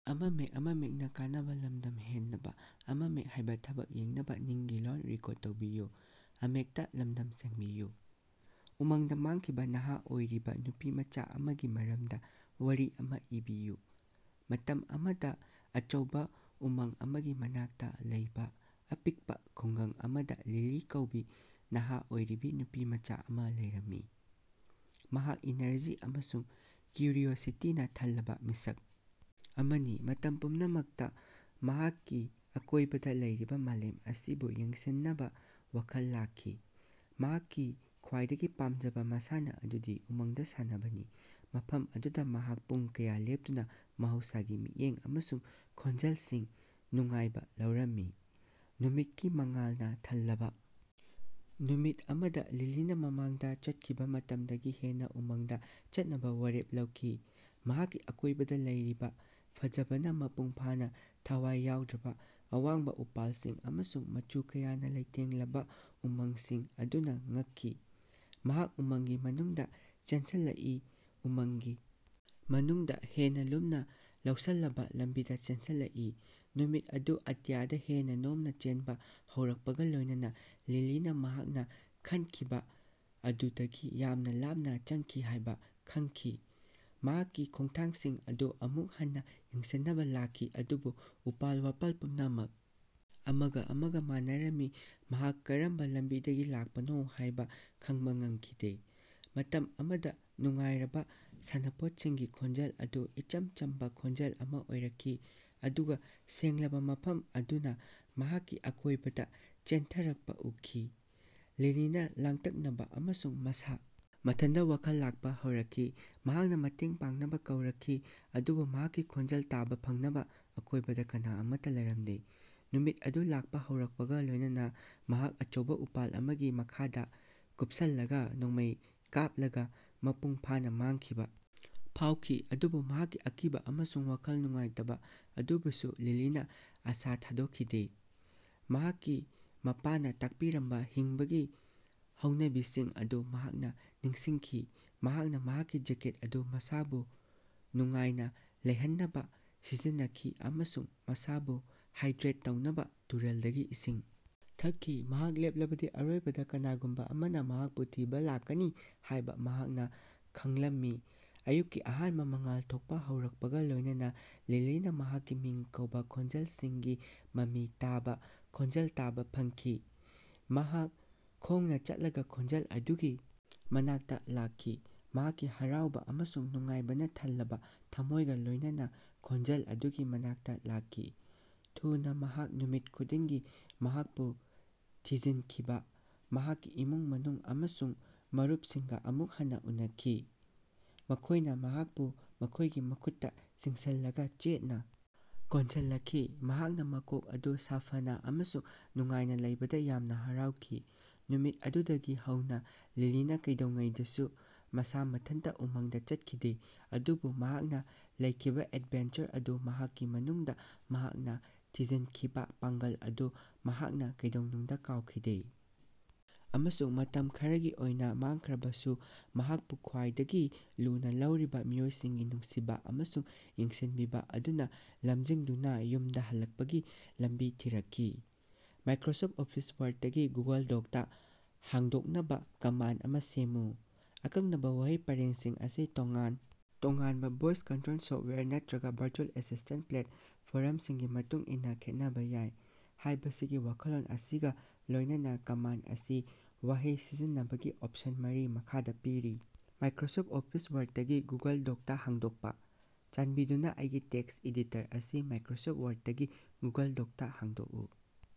ꯎꯃꯪꯗ ꯃꯥꯡꯈꯤꯕ ꯅꯍꯥ ꯑꯣꯏꯔꯤꯕ ꯅꯨꯄꯤꯃꯆꯥ ꯑꯃꯒꯤ ꯃꯔꯝꯗ ꯋꯥꯔꯤ ꯑꯃ ꯏꯕꯤꯌꯨ꯫ ꯃꯇꯝ ꯑꯃꯗ ꯑꯆꯧꯕ ꯎꯃꯪ ꯑꯃꯒꯤ ꯃꯅꯥꯛꯇ ꯂꯩꯕ ꯑꯄꯤꯛꯄ ꯈꯨꯡꯒꯪ ꯑꯃꯗ ꯂꯤꯂꯤ ꯀꯧꯕꯤ ꯅꯍꯥ ꯑꯣꯏꯔꯤꯕꯤ ꯅꯨꯄꯤꯃꯆꯥ ꯑꯃ ꯂꯩꯔꯝꯃꯤ꯫ ꯃꯍꯥꯛ ꯏꯅꯔꯖꯤ ꯑꯃꯁꯨꯡ ꯀ꯭ꯌꯨꯔꯤꯑꯣꯁꯤꯇꯤꯅ ꯊꯜꯂꯕ ꯃꯤꯁꯛ ꯑꯃꯅꯤ꯫ ꯃꯇꯝ ꯄꯨꯝꯅꯃꯛꯇ ꯃꯍꯥꯛꯀꯤ ꯑꯀꯣꯏꯕꯗ ꯂꯩꯔꯤꯕ ꯃꯥꯂꯦꯝ ꯑꯁꯤꯕꯨ ꯌꯦꯡꯁꯤꯟꯅꯕ ꯋꯥꯈꯜ ꯂꯥꯛꯈꯤ꯫ ꯃꯍꯥꯛꯀꯤ ꯈ꯭ꯋꯥꯏꯗꯒꯤ ꯄꯥꯝꯖꯕ ꯃꯁꯥꯟꯅ ꯑꯗꯨꯗꯤ ꯎꯃꯪꯗ ꯁꯥꯟꯅꯕꯅꯤ꯫ ꯃꯐꯝ ꯑꯗꯨꯗ ꯃꯍꯥꯛ ꯄꯨꯡ ꯀꯌꯥ ꯂꯦꯞꯇꯨꯅ ꯃꯍꯧꯁꯥꯒꯤ ꯃꯤꯠꯌꯦꯡ ꯑꯃꯁꯨꯡ ꯈꯣꯟꯖꯦꯜꯁꯤꯡ ꯅꯨꯡꯉꯥꯏꯕ ꯂꯧꯔꯝꯃꯤ꯫ ꯅꯨꯃꯤꯠꯀꯤ ꯃꯉꯥꯜꯅ ꯊꯜꯂꯕ ꯅꯨꯃꯤꯠ ꯑꯃꯗ ꯂꯤꯂꯤꯅ ꯃꯃꯥꯡꯗ ꯆꯠꯈꯤꯕ ꯃꯇꯝꯗꯒꯤ ꯍꯦꯟꯅ ꯎꯃꯪꯗ ꯆꯠꯅꯕ ꯋꯥꯔꯦꯞ ꯂꯧꯈꯤ꯫ ꯃꯍꯥꯛꯀꯤ ꯑꯀꯣꯏꯕꯗ ꯂꯩꯔꯤꯕ ꯐꯖꯕꯅ ꯃꯄꯨꯡ ꯐꯥꯅ ꯊꯋꯥꯏ ꯌꯥꯎꯗ꯭ꯔꯕ ꯑꯋꯥꯡꯕ ꯎꯄꯥꯜꯁꯤꯡ ꯑꯃꯁꯨꯡ ꯃꯆꯨ ꯀꯌꯥꯅ ꯂꯩꯇꯦꯡꯂꯕ ꯎꯃꯪꯁꯤꯡ ꯑꯗꯨꯅ ꯉꯛꯈꯤ꯫ ꯃꯍꯥꯛ ꯎꯃꯪꯒꯤ ꯃꯅꯨꯡꯗ ꯆꯦꯟꯁꯤꯜꯂꯛꯏ꯫ ꯎꯃꯪꯒꯤ ꯃꯅꯨꯡꯗ ꯍꯦꯟꯅ ꯂꯨꯝꯅ ꯂꯧꯁꯤꯜꯂꯕ ꯂꯝꯕꯤꯗ ꯆꯦꯟꯁꯤꯜꯂꯛꯏ꯫ ꯅꯨꯃꯤꯠ ꯑꯗꯨ ꯑꯇꯤꯌꯥꯗ ꯍꯦꯟꯅ ꯅꯦꯝꯅ ꯆꯦꯟꯕ ꯍꯧꯔꯛꯄꯒ ꯂꯣꯏꯅꯅ ꯂꯤꯂꯤꯅ ꯃꯍꯥꯛꯅ ꯈꯟꯈꯤꯕ ꯑꯗꯨꯗꯒꯤ ꯌꯥꯝꯅ ꯂꯥꯞꯅ ꯆꯠꯈꯤ ꯍꯥꯏꯕ ꯈꯪꯈꯤ꯫ ꯃꯍꯥꯛꯀꯤ ꯈꯣꯡꯊꯥꯡꯁꯤꯡ ꯑꯗꯨ ꯑꯃꯨꯛ ꯍꯟꯅ ꯌꯦꯡꯁꯤꯟꯅꯕ ꯂꯥꯛꯈꯤ ꯑꯗꯨꯕꯨ ꯎꯄꯥꯜ-ꯋꯥꯄꯥꯜ ꯄꯨꯝꯅꯃꯛ ꯑꯃꯒ ꯑꯃꯒ ꯃꯥꯟꯅꯔꯝꯃꯤ꯫ ꯃꯍꯥꯛ ꯀꯔꯝꯕ ꯂꯝꯕꯤꯗꯒꯤ ꯂꯥꯛꯄꯅꯣ ꯍꯥꯏꯕ ꯈꯪꯕ ꯉꯝꯈꯤꯗꯦ꯫ ꯃꯇꯝ ꯑꯃꯗ ꯅꯨꯡꯉꯥꯏꯔꯕ ꯁꯥꯟꯅꯄꯣꯠꯁꯤꯡꯒꯤ ꯈꯣꯟꯖꯦꯜ ꯑꯗꯨ ꯏꯆꯝ ꯆꯝꯕ ꯈꯣꯟꯖꯦꯜ ꯑꯃ ꯑꯣꯏꯔꯛꯈꯤ ꯑꯗꯨꯒ ꯁꯦꯡꯂꯕ ꯃꯐꯝ ꯑꯗꯨꯅ ꯃꯍꯥꯛꯀꯤ ꯑꯀꯣꯏꯕꯗ ꯆꯦꯟꯊꯔꯛꯄ ꯎꯈꯤ꯫ ꯂꯤꯂꯤꯅ ꯂꯥꯡꯇꯛꯅꯕ ꯑꯃꯁꯨꯡ ꯃꯁꯥ ꯃꯊꯟꯇ ꯋꯥꯈꯜ ꯂꯥꯛꯄ ꯍꯧꯔꯛꯈꯤ꯫ ꯃꯍꯥꯛꯅ ꯃꯇꯦꯡ ꯄꯥꯡꯅꯕ ꯀꯧꯔꯛꯈꯤ ꯑꯗꯨꯕꯨ ꯃꯍꯥꯛꯀꯤ ꯈꯣꯟꯖꯦꯜ ꯇꯥꯕ ꯐꯪꯅꯕ ꯑꯀꯣꯏꯕꯗ ꯀꯅꯥ ꯑꯃꯠꯇ ꯂꯩꯔꯝꯗꯦ꯫ ꯅꯨꯃꯤꯠ ꯑꯗꯨ ꯂꯥꯛꯄ ꯍꯧꯔꯛꯄꯒ ꯂꯣꯏꯅꯅ ꯃꯍꯥꯛ ꯑꯆꯧꯕ ꯎꯄꯥꯜ ꯑꯃꯒꯤ ꯃꯈꯥꯗ ꯀꯨꯞꯁꯤꯜꯂꯒ ꯅꯣꯡꯃꯩ ꯀꯥꯞꯂꯒ ꯃꯄꯨꯡ ꯐꯥꯅ ꯃꯥꯡꯈꯤꯕ ꯐꯥꯎꯈꯤ꯫ ꯑꯗꯨꯕꯨ ꯃꯍꯥꯛꯀꯤ ꯑꯀꯤꯕ ꯑꯃꯁꯨꯡ ꯋꯥꯈꯜ ꯅꯨꯡꯉꯥꯏꯇꯕ ꯑꯗꯨꯗꯁꯨ ꯂꯤꯂꯤꯅ ꯑꯁꯥ ꯊꯥꯗꯣꯛꯈꯤꯗꯦ꯫ ꯃꯍꯥꯛꯀꯤ ꯃꯄꯥꯅ ꯇꯥꯛꯄꯤꯔꯝꯕ ꯍꯤꯡꯕꯒꯤ ꯍꯩꯅꯕꯤꯁꯤꯡ ꯑꯗꯨ ꯃꯍꯥꯛꯅ ꯅꯤꯡꯁꯤꯡꯈꯤ꯫ ꯃꯍꯥꯛꯅ ꯃꯍꯥꯛꯀꯤ ꯖꯦꯀꯦꯠ ꯑꯗꯨ ꯃꯁꯥꯕꯨ ꯅꯨꯡꯉꯥꯏꯅ ꯂꯩꯍꯟꯅꯕ ꯁꯤꯖꯤꯟꯅꯈꯤ ꯑꯃꯁꯨꯡ ꯃꯁꯥꯕꯨ ꯍꯥꯏꯗ꯭ꯔꯦꯠ ꯇꯧꯅꯕ ꯇꯨꯔꯦꯜꯗꯒꯤ ꯏꯁꯤꯡ ꯊꯛꯈꯤ꯫ ꯃꯍꯥꯛ ꯂꯦꯞꯂꯕꯗꯤ ꯑꯔꯣꯏꯕꯗ ꯀꯅꯥꯒꯨꯝꯕ ꯑꯃꯅ ꯃꯍꯥꯛꯄꯨ ꯊꯤꯕ ꯂꯥꯛꯀꯅꯤ ꯍꯥꯏꯕ ꯃꯍꯥꯛꯅ ꯈꯪꯂꯝꯃꯤ꯫ ꯑꯌꯨꯛꯀꯤ ꯑꯍꯥꯟꯕ ꯃꯉꯥꯜ ꯊꯣꯛꯄ ꯍꯧꯔꯛꯄꯒ ꯂꯣꯏꯅꯅ ꯂꯤꯂꯤꯅ ꯃꯍꯥꯛꯀꯤ ꯃꯤꯡ ꯀꯧꯕ ꯈꯣꯟꯖꯦꯜꯁꯤꯡꯒꯤ ꯃꯃꯤ ꯇꯥꯕ, ꯈꯣꯟꯖꯦꯜ ꯇꯥꯕ ꯐꯪꯈꯤ꯫ ꯃꯍꯥꯛ ꯈꯣꯡꯅ ꯆꯠꯂꯒ ꯈꯣꯟꯖꯦꯜ ꯑꯗꯨꯒꯤ ꯃꯅꯥꯛꯇ ꯂꯥꯛꯈꯤ꯫ ꯃꯍꯥꯛꯀꯤ ꯍꯔꯥꯎꯕ ꯑꯃꯁꯨꯡ ꯅꯨꯡꯉꯥꯏꯕꯅ ꯊꯜꯂꯕ ꯊꯃꯣꯏꯒ ꯂꯣꯏꯅꯅ ꯈꯣꯟꯖꯦꯜ ꯑꯗꯨꯒꯤ ꯃꯅꯥꯛꯇ ꯂꯥꯛꯈꯤ꯫ ꯊꯨꯅ ꯃꯍꯥꯛ ꯅꯨꯃꯤꯠ ꯈꯨꯗꯤꯡꯒꯤ ꯃꯍꯥꯛꯄꯨ ꯊꯤꯖꯤꯟꯈꯤꯕ ꯃꯍꯥꯛꯀꯤ ꯏꯃꯨꯡ ꯃꯅꯨꯡ ꯑꯃꯁꯨꯡ ꯃꯔꯨꯞꯁꯤꯡꯒ ꯑꯃꯨꯛ ꯍꯟꯅ ꯎꯅꯈꯤ꯫ ꯃꯈꯣꯏꯅ ꯃꯍꯥꯛꯄꯨ ꯃꯈꯣꯏꯒꯤ ꯃꯈꯨꯠꯇ ꯆꯤꯡꯁꯤꯜꯂꯒ ꯆꯦꯠꯅ ꯀꯣꯟꯁꯤꯜꯂꯛꯈꯤ꯫ ꯃꯍꯥꯛꯀꯤ ꯃꯀꯣꯛ ꯑꯗꯨ ꯁꯥꯐꯅ ꯑꯃꯁꯨꯡ ꯅꯨꯡꯉꯥꯏꯅ ꯂꯩꯕꯗ ꯌꯥꯝꯅ ꯍꯔꯥꯎꯈꯤ꯫ ꯅꯨꯃꯤꯠ ꯑꯗꯨꯗꯒꯤ ꯍꯧꯅ ꯂꯤꯂꯤꯅ ꯀꯩꯗꯧꯉꯩꯗꯁꯨ ꯃꯁꯥ ꯃꯊꯟꯇ ꯎꯃꯪꯗ ꯆꯠꯈꯤꯗꯦ꯫ ꯑꯗꯨꯕꯨ ꯃꯍꯥꯛꯅ ꯂꯩꯈꯤꯕ ꯑꯦꯗꯚꯦꯟꯆꯔ ꯑꯗꯨ ꯃꯍꯥꯛꯀꯤ ꯃꯅꯨꯡꯗ ꯃꯍꯥꯛꯅ ꯊꯤꯖꯤꯟꯈꯤꯕ ꯄꯥꯡꯒꯜ ꯑꯗꯨ ꯃꯍꯥꯛꯅ ꯀꯩꯗꯧꯅꯨꯡꯗ ꯀꯥꯎꯈꯤꯗꯦ꯫ ꯑꯃꯁꯨꯡ ꯃꯇꯝ ꯈꯔꯒꯤ ꯑꯣꯏꯅ ꯃꯥꯡꯈ꯭ꯔꯕꯁꯨ ꯃꯍꯥꯛꯄꯨ ꯈ꯭ꯋꯥꯏꯗꯒꯤ ꯂꯨꯅ ꯂꯧꯔꯤꯕ ꯃꯤꯑꯣꯏꯁꯤꯡꯒꯤ ꯅꯨꯡꯁꯤꯕ ꯑꯃꯁꯨꯡ ꯌꯦꯡꯁꯤꯟꯕꯤꯕ ꯑꯗꯨꯅ ꯂꯝꯖꯤꯡꯗꯨꯅ ꯌꯨꯝꯗ ꯍꯜꯂꯛꯄꯒꯤ ꯂꯝꯕꯤ ꯊꯤꯔꯛꯈꯤ꯫ "ꯃꯥꯏꯀ꯭ꯔꯣꯁꯣꯐꯠ ꯑꯣꯐꯤꯁ ꯋꯥꯔꯗ"ꯗꯒꯤ "ꯒꯨꯒꯜ ꯗꯣꯛꯁ"ꯇ ꯍꯣꯡꯗꯣꯛꯅꯕ ꯀꯃꯥꯟꯗ ꯑꯃ ꯁꯦꯝꯃꯨ꯫ ꯑꯀꯛꯅꯕ ꯋꯥꯍꯩ ꯄꯔꯦꯡꯁꯤꯡ ꯑꯁꯤ ꯇꯣꯉꯥꯟ ꯇꯣꯉꯥꯟꯕ ꯚꯣꯏꯁ ꯀꯟꯇ꯭ꯔꯣꯜ ꯁꯣꯐꯠꯋꯦꯌꯔ ꯅꯠꯇ꯭ꯔꯒ ꯚꯔꯆꯨꯑꯦꯜ ꯑꯦꯁꯤꯁꯇꯦꯟꯇ ꯄ꯭ꯂꯦꯠꯐꯣꯔꯝꯁꯤꯡꯒꯤ ꯃꯇꯨꯡ ꯏꯟꯅ ꯈꯦꯠꯅꯕ ꯌꯥꯏ ꯍꯥꯏꯕꯁꯤꯒꯤ ꯋꯥꯈꯜꯂꯣꯟ ꯑꯁꯤꯒ ꯂꯣꯏꯅꯅ ꯀꯃꯥꯟꯗ ꯑꯁꯤ ꯋꯥꯍꯩ ꯁꯤꯖꯤꯟꯅꯕꯒꯤ ꯑꯣꯞꯁꯟ ꯃꯔꯤ ꯃꯈꯥꯗ ꯄꯤꯔꯤ: "ꯃꯥꯏꯀ꯭ꯔꯣꯁꯣꯐꯠ ꯑꯣꯐꯤꯁ ꯋꯥꯔꯗꯇꯒꯤ ꯒꯨꯒꯜ ꯗꯣꯛꯁꯇ ꯍꯥꯡꯗꯣꯛꯄ", "ꯆꯥꯟꯕꯤꯗꯨꯅ ꯑꯩꯒꯤ ꯇꯦꯛꯁ ꯑꯦꯗꯤꯇꯔ ꯑꯁꯤ ꯃꯥꯏꯀ꯭ꯔꯣꯁꯣꯐꯠ ꯋꯥꯔꯗꯇꯒꯤ ꯒꯨꯒꯜ ꯗꯣꯛꯁꯇ ꯍꯥꯡꯗꯣꯛꯎ"꯫